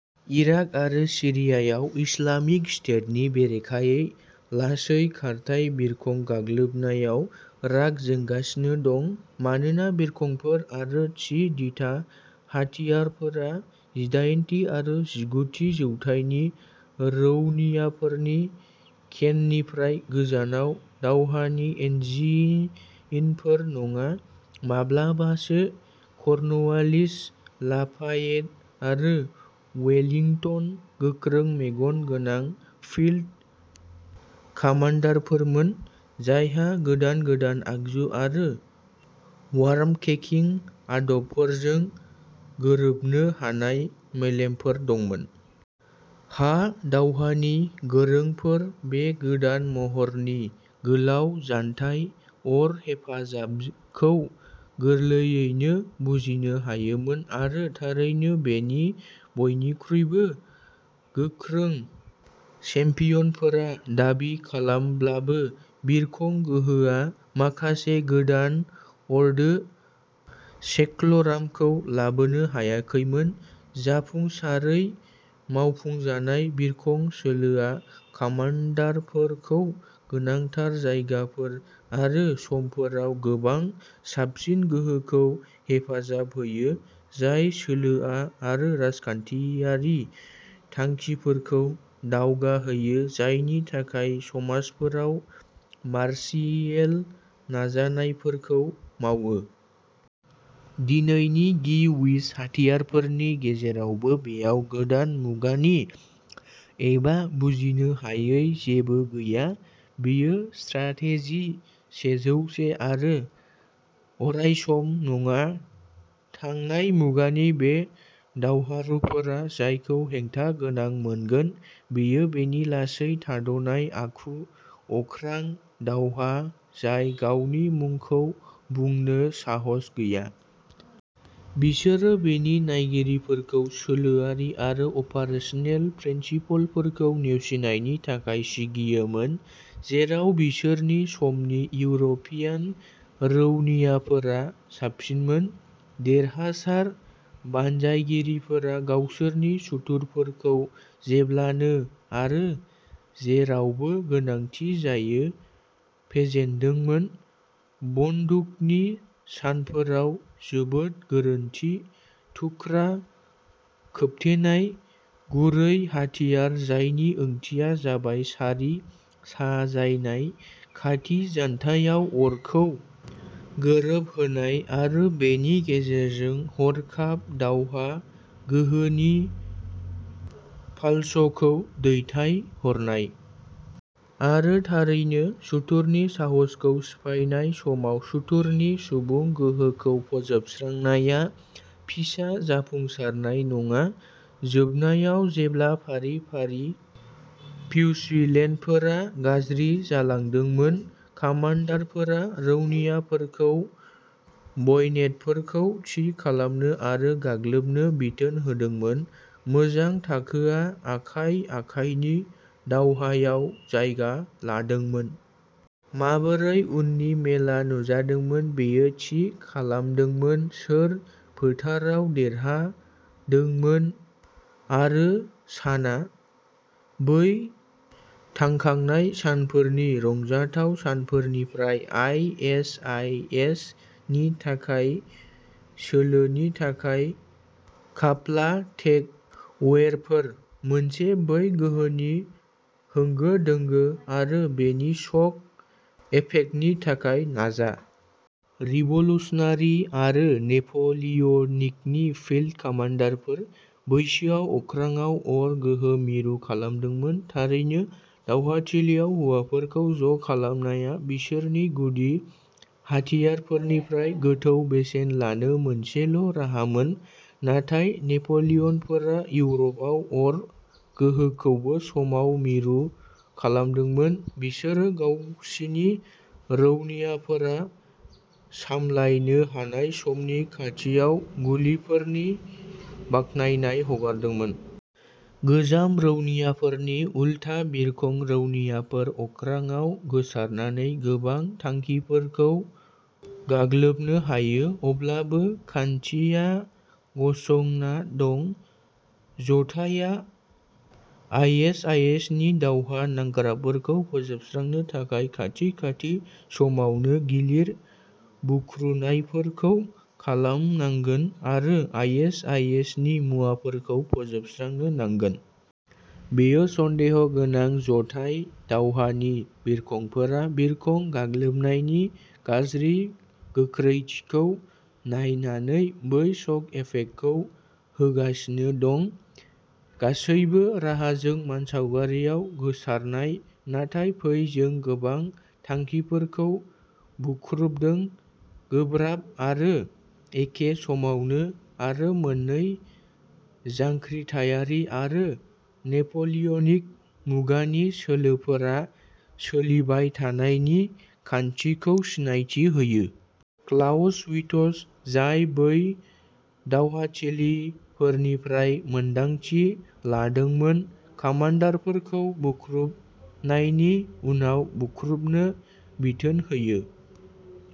Iraq आरो सीरियायाव Islamic स्टेटनि बेरेखायै लासै खारथाय बिरखं गाग्लोबनायाव राग जोंगासिनो दं। मानोना बिरखंफोर आरो थि-दिथा हाथियारफोरा जिदायेनथि आरो जिगुथि जौथाइनि रौनियाफोरनि केननिफ्राय गोजानाव दावहानि इन्जिनफोर नङा। माब्लाबासो कर्नवालिस, लाफायेट आरो वेलिंटनआ गोख्रों मेगन गोनां फील्ड कामान्डारफोरमोन, जायहा गोदान गोदान आगजु आरो वार्मकेकिं आदबफोरजों गोरोबनो हानाय मेलेमफोर दंमोन। हा दावहानि गोरोंफोरा बे गोदान महरनि गोलाव जानथाय अर हेफाजाबखौ गोरलैयैनो बुजिनो हायोमोन। आरो थारैनो, बेनि बयनिख्रुइबो गोख्रों चेम्पियनफोरा दाबि खालामब्लाबो, बिरखं गोहोआ माखासे गोदान अर्दो सेक्ल'रामखौ लाबोनो हायाखैमोन। जाफुंसारै मावफुंजानाय, बिरखं सोलोआ कामान्डारफोरखौ गोनांथार जायगाफोर आरो समफोराव गोबां साबसिन गोहोखौ हेफाजाब होयो, जाय सोलोआरि आरो राजखान्थियारि थांखिफोरखौ दावगाहोयो जायनि थाखाय समाजफोरा मार्शियेल नाजानायफोरखौ मावो। दिनैनि गि व्हिज हाथियारफोरनि गेजेरावबो, बेयाव गोदान मुगानि एबा बुजिनो हायै जेबो गैया। बेयो स्ट्राटेजि सेजौसे आरो अरायसम नङा थांनाय मुगानि बे दावहारुफोरा जायखौ हेंथा गोनां मोनगोन बेयो बेनि लासै, थाद'नाय आखु। अख्रां दावहा जाय गावनि मुंखौ बुंनो साहस गैया। बिसोरो बेनि नायगिरिफोरखौ सोलोआरि आरो अपारेसनेल प्रिन्सिपलफोरखौ नेवसिनायनि थाखाय सिगियोमोन, जेराव बिसोरनि समनि इउर'पियान रौनियाफोरा साबसिनमोन। देरहासार बानजायगिरिफोरा गावसोरनि सुथुरफोरखौ जेब्लानो आरो जेरावबो गोनांथि जायो, फेजेनदोंमोन। बन्दुकनि सानफोराव जोबोद गोरोन्थि, थुख्रा खोबथेनाय, गुरै हाथियार जायनि ओंथिया जाबाय सारि साजायनाय, खाथि जानथायाव अरखौ गोरोबहोनाय, आरो बेनि गेजेरजों हरखाब दावहा गोहोनि पाल्सखौ दैथायहरनाय। आरो थारैनो, सुथुरनि साहसखौ सिफायनाय समाव सुथुरनि सुबुं गोहोखौ फोजोबस्रांनाया फिसा जाफुंसारनाय नङा। जोबनायाव, जेब्ला फारि-फारि फ्युसिलेडफोरा गाज्रि जालांदोंमोन, कामान्डारफोरा रौनियाफोरखौ बयनेटफोरखौ थि खालामनो आरो गाग्लोबनो बिथोन होदोंमोन। मोजां थाखोआ आखाइ-आखाइनि दावहायाव जायगा लादोंमोन। माबोरै उननि मेलिआ नुजादोंमोन बेयो थि खालामदोंमोन सोर फोथाराव देरहादोंमोन आरो साना। बै थांखांनाय सानफोरनि रंजाथाव सानफोरनिफ्राय आइ एस आइ एस नि थाखाय सोलोनि थाखाय काप्ला टेकअवेफोर। मोनसे, बै गोहोनि होंगो दोंगो आरो बेनि शक इफेक्टनि थाखाय नाजा। रिभ'ल्युश'नारि आरो नेप'लिय'निकनि फील्ड कामान्डारफोर। बैसोआ अख्राङाव अर गोहो मिरु खालामदोंमोन, थारैनो। दावहाथिलियाव हौवाफोरखौ ज'खालामनाया बिसोरनि गुदि हाथियारफोरनिफ्राय गोथौ बेसेन लानो मोनसेल' राहामोन। नाथाय नेप'लियनफोरा इउर'पआव अर गोहोखौबो समाव मिरु खालामदोंमोन। बिसोरो गावसिनि रौनियाफोरा सामलायनो हानाय समनि खाथियाव गुलिफोरनि बाख्नायनाय हगारदोंमोन। गोजाम रौनियाफोरनि उलथा, बिरखं रौनियाफोरा अख्राङाव गोसारनानै गोबां थांखिफोरखौ गाग्लोबनो हायो। अब्लाबो खान्थिया गसंना दं। जथाइया आइ एस आइ एस नि दावहा नांग्राफोरखौ फोजोबस्रांनो थाखाय खाथि-खाथि समावनो गिलिर बुख्रुनायफोरखौ खालामनांगोन आरो आइ एस आइ एस नि मुवाफोरखौ फोजोबस्रांनो नांगोन। बेयो सन्देह गोनां जथाइ दावहानि बिरखंफोरा बिरखं गाग्लोबनायनि गाज्रि गोख्रैथिखौ नायनानै बै शक इफेक्टखौ होगासिनो दं। गासैबो राहाजों मानसावगारियाव गोसारनाय, नाथाय फै जों गोबां थांखिफोरखौ बुख्रुबदों, गोब्राब, आरो एखे समावनो। आरो मोननै, जांख्रिथायारि आरो नेप'लियनिक मुगानि सोलोफोरा सोलिबाय थानाय नि खान्थिखौ सिनायथि होयो। क्लाउसविट्ज, जाय बै दावहाथिलिफोरनिफ्राय मोनदांथि लादोंमोन, कामान्डारफोरखौ बुख्रुबनायनि उनाव बुख्रुबनो बिथोन होयो।